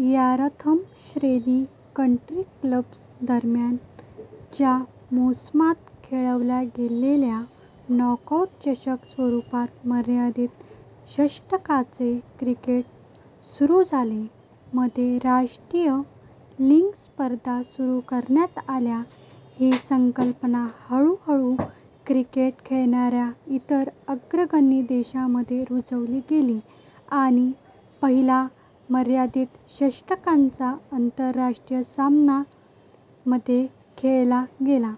ऱ्यारथम श्रेणी country clubs दरम्यान च्या मोसमात खेळवल्या गेलेल्या नॉकआऊट चषक स्वरूपात मर्यादित षटकांचे क्रिकेट सुरू झाले. मध्ये राष्ट्रीय लीग स्पर्धा सुरू करण्यात आल्या. ही संकल्पना हळूहळू क्रिकेट खेळणाऱ्या इतर अग्रगणी देशांमध्ये रुजली गेली आणि पहिला मर्यादित षटकांचा आंतरराष्ट्रीय सामना मध्ये खेळवला गेला.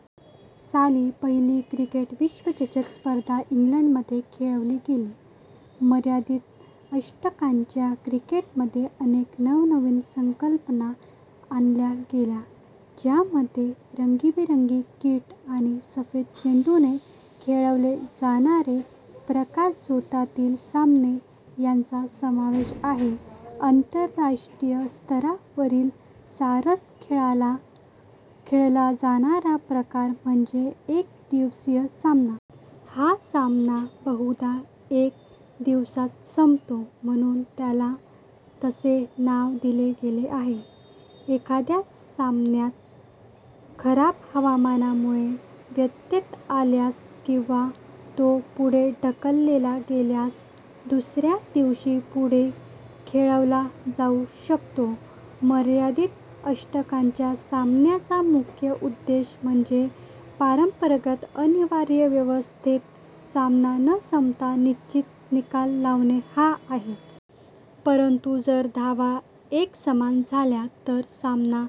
साली, पहिली क्रिकेट विश्वचषक स्पर्धा इंग्लंडमध्ये खेळवली गेली. मर्यादित षटकांच्या क्रिकेटमध्ये अनेक नवनवीन संकल्पना आणल्या गेल्या ज्यामध्ये रंगीबेरंगी किट आणि सफेद चेंडूने खेळवले जाणारे प्रकाशझोतातील सामने ह्यांचा समावेश आहे. आंतरराष्ट्रीय स्तरावर सर्रास खेळला जाणारा प्रकार म्हणजे "एकदिवसीय सामना". हा सामना बहुधा एका दिवसात संपतो म्हणून त्याला तसे नाव दिले गेले आहे. एखाद्या सामन्यान खराब हवामानामुळे व्यत्यय आल्यास किंवा तो पुढे ढकलला गेल्यास दुसऱ्या दिवशी पुढे खेळवला जावू शकतो. मर्यादित षटकांच्या सामन्याचा मुख्य उद्देश म्हणजे परंपरागत अनिर्णितावस्थेत सामना न संपता निश्चित निकाल लावणे हा आहे. परंतु जर धावा एकसमान झाल्या तर सामना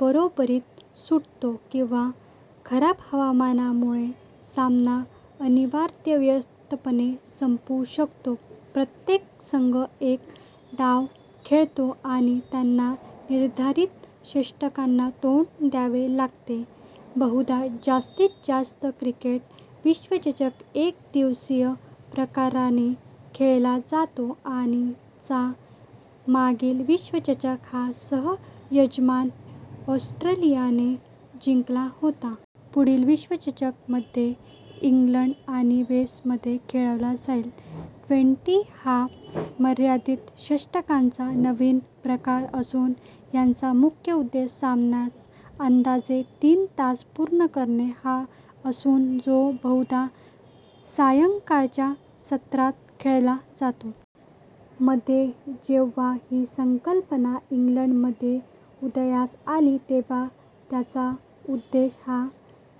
बरोबरीत सुटतो किंवा खराब हवामानामुळे सामना अनिर्णितावस्थेत संपू शकतो. प्रत्येक संघ एक डाव खेळतो आणि त्यांना निर्धारित षटकांना तोंड द्यावे लागते, बहुधा जास्तीत जास्त. क्रिकेट विश्वचषक एकदिवसीय प्रकाराने खेळला जातो आणि चा मागील विश्वचषक हा सह-यजमान ऑस्ट्रेलियाने जिंकला होता. पुढील विश्वचषक मध्ये इंग्लंड आणि वेल्स मध्ये खेळवला जाईल. ट्वेंटी हा मर्यादित षटकांचा नवीन प्रकार असून ह्याचा मुख्य उद्देश सामना अंदाजे तीन तासात पूर्ण करणे हा असून, तो बहुधा सायंकाळच्या सत्रात खेळवला जातो. मध्ये जेव्हा ही संकल्पना इंग्लंडमध्ये उदयास आली तेव्हा त्याचा उद्देश हा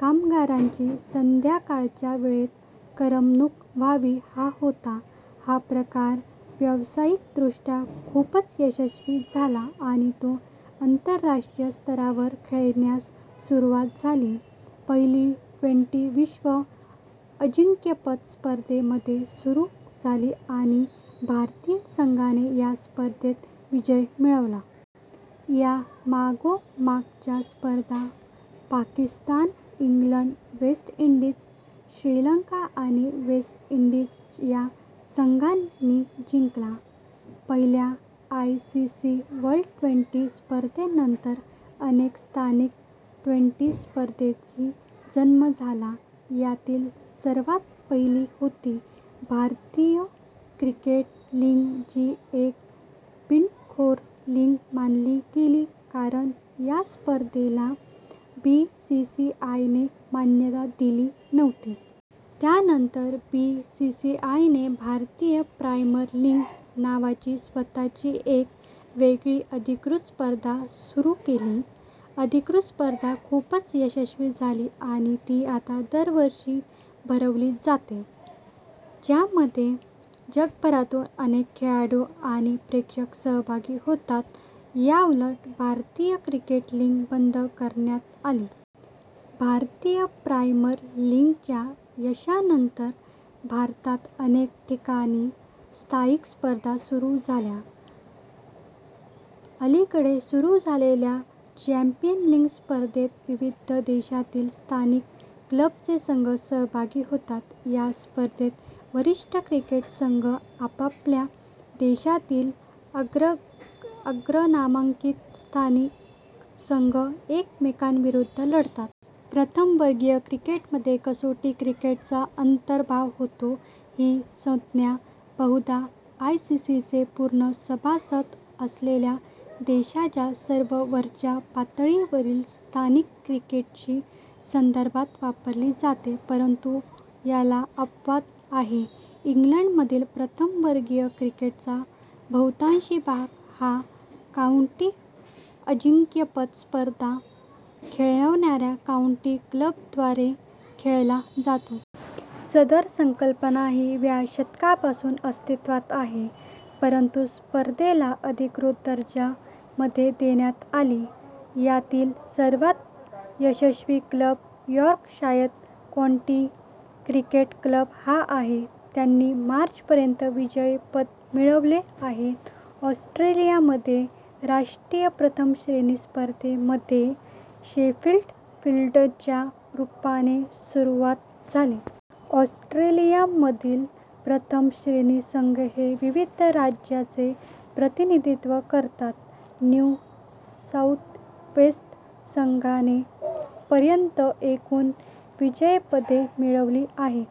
कामगारांची संध्याकाळच्या वेळात करमणूक व्हावी हा होता. हा प्रकार व्यावसायिकदृष्ट्या खूपच यशस्वी झाला आणि तो आंतरराष्ट्रीय स्तरावर खेळण्यास सुरुवात झाली. पहिली ट्वेंटी विश्व अजिंक्यपद स्पर्धा मध्ये सुरू झाली आणि भारतीय संघाने ह्या स्पर्धेत विजय मिळवला. त्यामागोमागच्या स्पर्धा Pakistan, England, West Indies, Sri Lanka आणि वेस्ट इंडीज ह्या संघांनी जिंकल्या. पहिल्या I. C. C. World twenty स्पर्धेनंतर अनेट स्थानिक ट्वेंटी स्पर्धांचा जन्म झाला. ह्यातील सर्वात पहिली होती भारतीय क्रिकेट लीग जी एक बंडखोर लीग मानली गेली कारण ह्या स्पर्धेला बीसीसीआयने मान्यता दिली नव्हती. त्यानंतर बीसीसीआयने भारतीय प्रीमियर लीग नावाची स्वतःची एक वेगळी अधिकृत स्पर्धा सुरू केली. अधिकृत स्पर्धा खूपच यशस्वी झाली आणि ती आता दरवर्षी भरवली जाते. ज्यामध्ये जगभरातून अनेक खेळाडू आणि प्रेक्षक सहभागी होतात. याउलट भारतीय क्रिकेट लीग बंद करण्यात आली. भारतीय प्रीमियर लीगच्या यशानंतर जगभरात अनेक ठिकाणी स्थानिक स्पर्धा सुरू झाल्या. अलीकडे सुरू झालेल्या - चॅंपियन्स लीग स्पर्धेत विविध देशातील स्थानिक क्लबचे संघ सहभागी होतात. ह्या स्पर्धेत वरिष्ठ क्रिकेट संघ असलेल्या देशांतील अग्रमानांकीत स्थानिक संघ एकमेकांविरुद्ध लढतात. प्रथम वर्गीय क्रिकेटमध्ये कसोटी क्रिकेटचा अंतर्भाव होतो. ही संज्ञा बहुधा आयसीसीचे पूर्ण सभासद असलेल्या देशांच्या सर्वात वरच्या पातळीवरील स्थानिक क्रिकेटशी संदर्भात वापरली जाते, परंतु याला अपवाद आहेत. इंग्लंडमधील प्रथम वर्गीय क्रिकेटचा बहुतांशी भाग हा काउंटी अजिंक्यपद स्पर्धा खेळणाऱ्या काउंटी क्लब्जद्वारा खेळला जातो. सदर संकल्पना ही व्या शतकापासून अस्तित्वात आहे परंतु स्पर्धेला अधिकृत दर्जा मध्ये देण्यात आला. ह्यातील सर्वात यशस्वी club Yorkshire county cricket club हा आहे. त्यांनी मार्च पर्यंत विजेतेपदे मिळवली आहेत. ऑस्ट्रेलियामध्ये राष्ट्रीय प्रथम श्रेणी स्पर्धा - मध्ये शेफील्ड शील्डच्या रूपाने सुरू झाली. ऑस्ट्रेलियामधील प्रथम-श्रेणी संघ हे विविध राज्याचे प्रतिनिधित्व करतात. न्यू साउथ वेल्स संघाने पर्यंत एकूण विजेतेपदे मिळवली आहे.